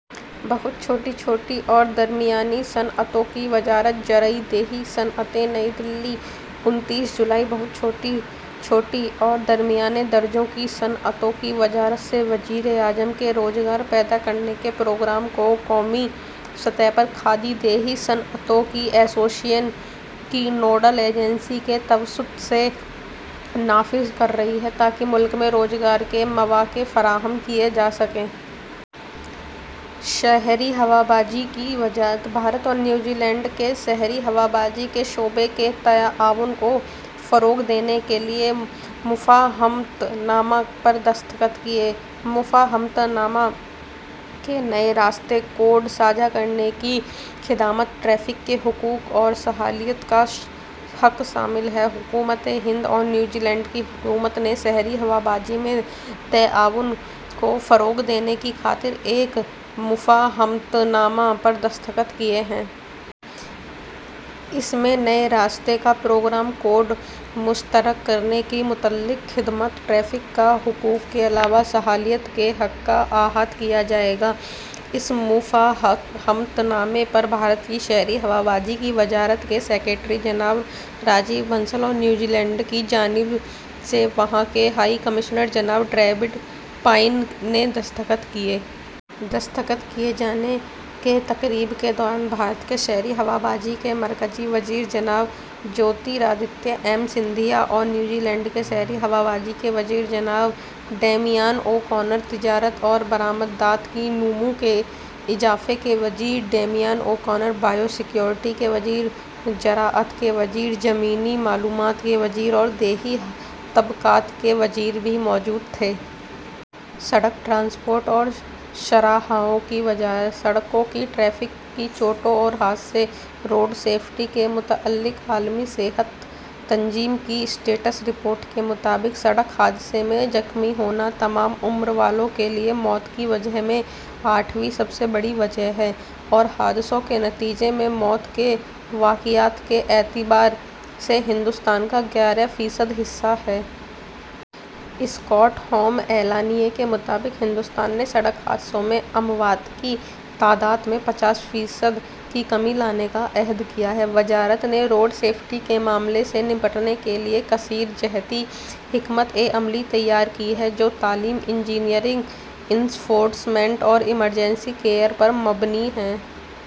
بہت چھوٹی، چھوٹی اور درمیانی صنعتوں کی وزارت زرعی / دیہی صنعتیں نئی دہلی، انتیس جولائی: بہت چھوٹی، چھوٹی اور درمیانے درجے کی صنعتوں کی وزارت سے وزیر اعظم کے روزگار پیدا کرنے کے پروگرام کو قومی سطح پر کھادی دیہی صنعتوں کی ایسوسی ایشن کی نوڈل ایجنسی کے توسط سے نافذ کر رہی ہے تاکہ ملک میں روزگار کے مواقع فراہم کیے جا سکیں۔ شہری ہوابازی کی وزارت بھارت اور نیو زیلینڈ نے شہری ہوا بازی کے شعبے میں تعاون کو فروغ دینے کے لیے مفاہمت نامے پر دستخط کیے مفاہمت نامے میں نئے راستے، کوڈ ساجھا کرنے کی خدمات، ٹریفک کے حقوق اور صلاحیت کا حق شامل ہے حکومت ہند اور نیوزی لینڈ کی حکومت نے شہری ہوا بازی میں تعاون کو فروغ دینے کی خاطر ایک مفاہمت نامے پر دستخط کیے ہیں۔ اس میں نئے راستوں کا پروگرام، کوڈ مشترک کرنے سے متعلق خدمات، ٹریفک کے حقوق کے علاوہ صلاحیت کے حق کا احاطہ کیا جائے گا۔ اس مفاہمت نامے پر بھارت کی شہری ہوابازی کی وزارت کے سکریٹری جناب راجیو بنسل اور نیوزی لینڈ کی جانب سے، وہاں کے ہائی کمشنر جناب ڈیوڈ پائن نے دستخط کیے۔ دستخط کیے جانے کی تقریب کے دوران، بھارت کے شہری ہوابازی کے مرکزی وزیر جناب جیوترادتیہ ایم سندھیا اور نیو زیلینڈ شہری ہوابازی کے وزیر جناب ڈیمین او کونر، تجارت اور برآمدات کی نمو میں اضافے کے وزیر، ڈیمین اوکونر، بایو سکیورٹی کے وزیر، زراعت کے وزیر، زمینی معلومات کے وزیر اور دیہی طبقوں کے وزیر بھی موجود تھے۔ سٹرک ٹرانسپورٹ اور شاہراہوں کی وزارت سڑکوں کی ٹریفک کی چوٹیں اور حادثے روڈ سیفٹی سے متعلق عالمی صحت تنظیم کی اسٹیٹس رپورٹ کے مطابق سڑک حادثے میں زخمی ہونا تمام عمر والوں کے لئے موت کی وجوہات میں آٹھویں سب سے بڑی وجہ ہے اور حادثوں کے نتیجے میں موت کے واقعات کے اعتبار سے ہندوستان کا گیارہ فیصد حصہ ہے۔ اسٹاک ہوم اعلانیئے کے مطابق ہندوستان نے تک سڑک حادثوں میں اموات کی تعداد میں پچاس فیصد کی کمی لانے کا عہد کیا ہے۔ وزارت نے روڈ سیفٹی کے معاملے سے نمٹنے کے لئے کثیر جہتی حکمت عملی تیار کی ہے، جو تعلیم، انجینئرنگ، انفورسمنٹ اور ایمرجنسی کیئر پر مبنی ہے۔